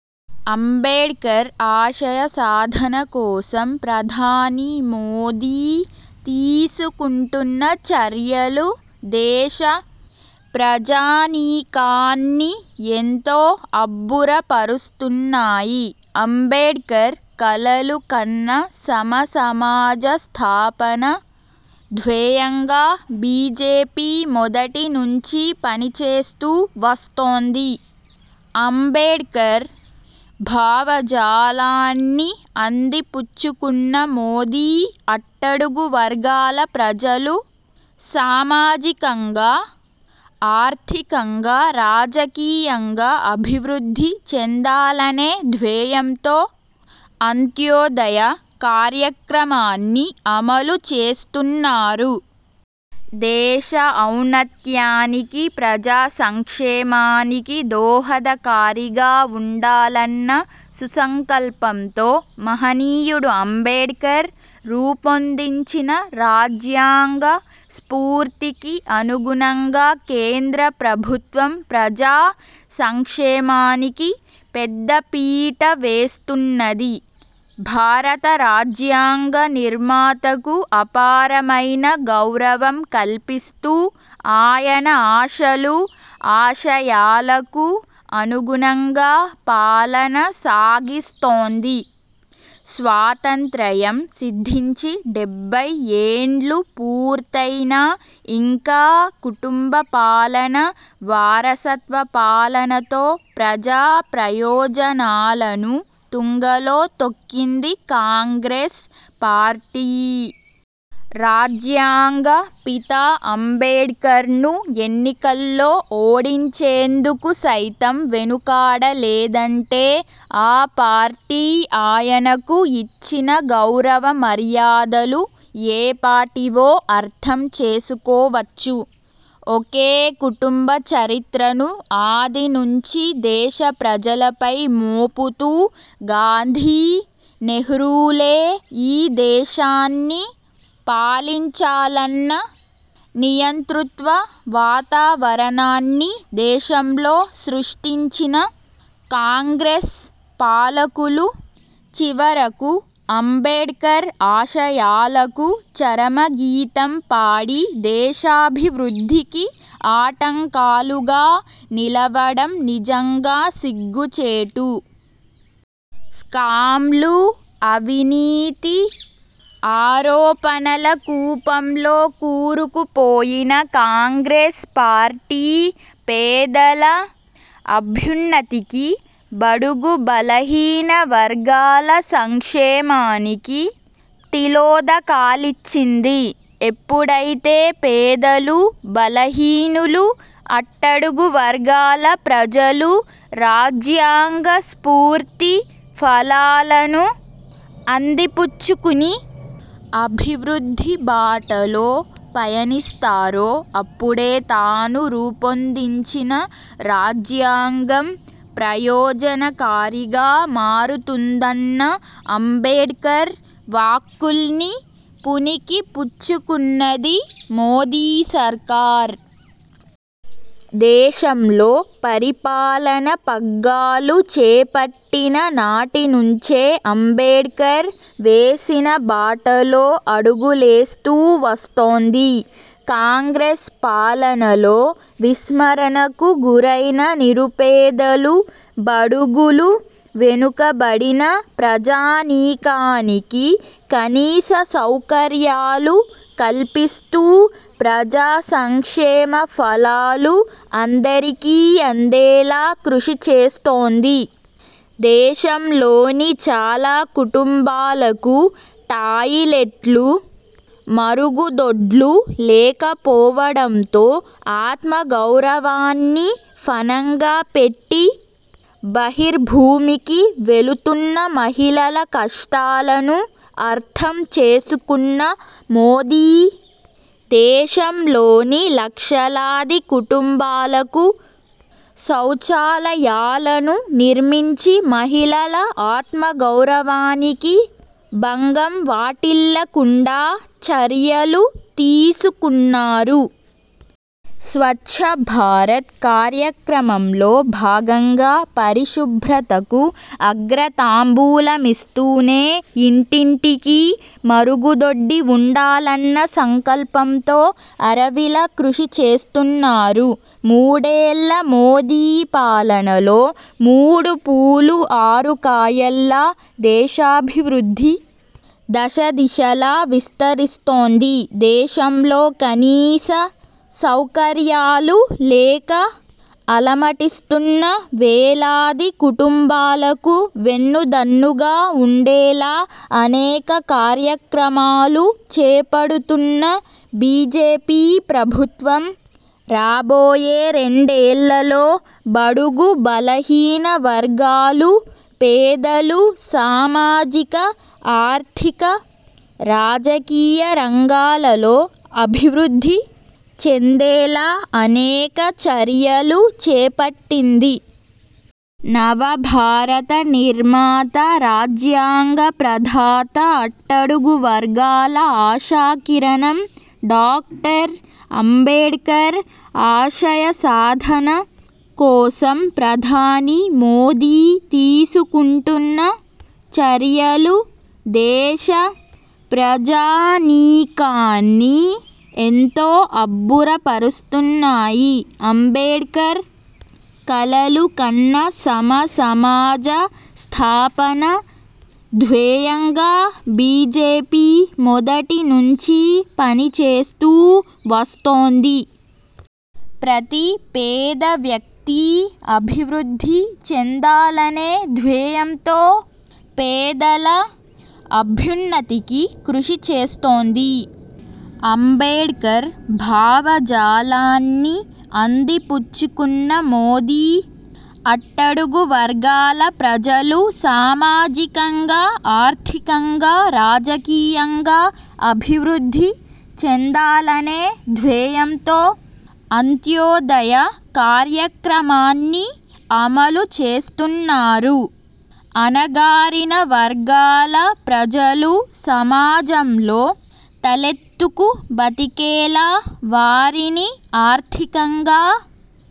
అంబేడ్కర్ ఆశయ సాధన కోసం ప్రధాని మోదీ తీసుకుంటున్న చర్యలు దేశ ప్రజానీకాన్ని ఎంతో అబ్బురపరుస్తున్నాయి. అంబేడ్కర్ కలలు కన్న సమసమాజ స్థాపన ధ్యేయంగా బీజేపీ మొదటి నుంచీ పనిచేస్తూ వస్తోంది. అంబేడ్కర్ భావజాలాన్ని అందిపుచ్చుకున్న మోదీ, అట్టడుగు వర్గాల ప్రజలు సామాజికంగా, ఆర్థికంగా, రాజకీయంగా అభివృద్ధి చెందాలనే ధ్యేయంతో అంత్యోదయ కార్యక్రమాన్ని అమలు చేస్తున్నారు. దేశ ఔన్నత్యానికి, ప్రజా సంక్షేమానికి దోహదకారిగా ఉండాలన్న సుసంకల్పంతో మహనీయుడు అంబేడ్కర్ రూపొందించిన రాజ్యాంగ స్ఫూర్తికి అనుగుణంగా కేంద్ర ప్రభుత్వం ప్రజా సంక్షేమానికి పెద్ద పీట వేస్తున్నది. భారత రాజ్యాంగ నిర్మాతకు అపారమైన గౌరవం కల్పిస్తూ ఆయన ఆశలు, ఆశయాలకు అనుగుణంగా పాలన సాగిస్తోంది. స్వాతంత్రయం సిద్ధించి డెబ్బై ఏండ్లు పూర్తయినా, ఇంకా కుటుంబ పాలన, వారసత్వ పాలనతో ప్రజా ప్రయోజనాలను తుంగలో తొక్కింది కాంగ్రెస్ పార్టీ. రాజ్యాంగ పిత అంబేడ్కర్ను ఎన్నికల్లో ఓడించేందుకు సైతం వెనుకాడలేదంటే, ఆ పార్టీ ఆయనకు ఇచ్చిన గౌరవ మర్యాదలు ఏపాటివో అర్థం చేసుకోవచ్చు. ఒకే కుటుంబ చరిత్రను ఆది నుంచి దేశ ప్రజలపై మోపుతూ గాంధీ, నెహ్రూలే ఈ దేశాన్ని పాలించాలన్న నియంతృత్వ వాతావరణాన్ని దేశంలో సృష్టించిన కాంగ్రెస్ పాలకులు, చివరకు అంబేడ్కర్ ఆశయాలకు చరమగీతం పాడి దేశాభివృద్ధికి ఆటంకాలుగా నిలవడం నిజంగా సిగ్గుచేటు. స్కామ్లు, అవినీతి ఆరోపణల కూపంలో కూరుకుపోయిన కాంగ్రెస్ పార్టీ పేదల అభ్యున్నతికి, బడుగు బలహీన వర్గాల సంక్షేమానికి తిలోదకాలిచ్చింది. ఎప్పుడయితే పేదలు, బలహీనులు, అట్టడుగు వర్గాల ప్రజలు రాజ్యాంగ స్ఫూర్తి ఫలాలను అందిపుచ్చుకుని అభివృద్ధి బాటలో పయనిస్తారో అప్పుడే తాను రూపొందించిన రాజ్యాంగం ప్రయోజనకారిగా మారుతుందన్న అంబేడ్కర్ వాక్కుల్ని పుణికి పుచ్చుకున్నది మోదీ సర్కార్. దేశంలో పరిపాలన పగ్గాలు చేపట్టిన నాటినుంచే అంబేడ్కర్ వేసిన బాటలో అడుగులేస్తూ వస్తోంది. కాంగ్రెస్ పాలనలో విస్మరణకు గురైన నిరుపేదలు, బడుగులు, వెనుకబడిన ప్రజానీకానికి కనీస సౌకర్యాలు కల్పిస్తూ, ప్రజా సంక్షేమ ఫలాలు అందరికీ అందేలా కృషి చేస్తోంది. దేశంలోని చాలా కుటుంబాలకు టాయిలెట్లు, మరుగుదొడ్లు లేకపోవడంతో ఆత్మగౌరవాన్ని ఫణంగా పెట్టి బహిర్భూమికి వెళుతున్న మహిళల కష్టాలను అర్థం చేసుకున్న మోదీ, దేశంలోని లక్షలాది కుటుంబాలకు సౌచాలయాలను నిర్మించి మహిళల ఆత్మగౌరవానికి బంగం వాటిల్లకుండా చర్యలు తీసుకున్నారు. స్వచ్ఛ భారత్ కార్యక్రమంలో భాగంగా పరిశుభ్రతకు అగ్రతాంబూలమిస్తూనే ఇంటింటికీ మరుగుదొడ్డి ఉండాలన్న సంకల్పంతో అరవిళ కృషి చేస్తున్నారు. మూడేళ్ల మోదీ పాలనలో మూడు పూలు ఆరు కాయల్లా దేశాభివృద్ధి దశదిశలా విస్తరిస్తోంది. దేశంలో కనీస సౌకర్యాలు లేక అలమటిస్తున్న వేలాది కుటుంబాలకు వెన్నుదన్నుగా ఉండేలా అనేక కార్యక్రమాలు చేపడుతున్న బీజేపీ ప్రభుత్వం, రాబోయే రెండేళ్లలో బడుగు బలహీన వర్గాలు, పేదలు సామాజిక, ఆర్థిక, రాజకీయ రంగాలలో అభివృద్ధి చెందేలా అనేక చర్యలు చేపట్టింది. నవభారత నిర్మాత, రాజ్యాంగ ప్రధాత, అట్టడుగు వర్గాల ఆశాకిరణం డాక్టర్ అంబేడ్కర్ ఆశయ సాధన కోసం ప్రధాని మోదీ తీసుకుంటున్న చర్యలు దేశ ప్రజానీకాన్ని ఎంతో అబ్బురపరుస్తున్నాయి. అంబేడ్కర్ కలలు కన్న సమ సమాజ స్థాపన ధ్యేయంగా బీజేపీ మొదటి నుంచీ పని చేస్తూ వస్తోంది. ప్రతి పేద వ్యక్తీ అభివృద్ధి చెందాలనే ధ్యేయంతో పేదల అభ్యున్నతికి కృషి చేస్తోంది. అంబేడ్కర్ భావజాలాన్ని అందిపుచ్చుకున్న మోదీ, అట్టడుగు వర్గాల ప్రజలు సామాజికంగా, ఆర్థికంగా, రాజకీయంగా అభివృద్ధి చెందాలనే ధ్యేయంతో అంత్యోదయ కార్యక్రమాన్ని అమలు చేస్తున్నారు. అణగారిన వర్గాల ప్రజలు సమాజంలో తలెత్తుకు బతికేలా వారిని ఆర్థికంగా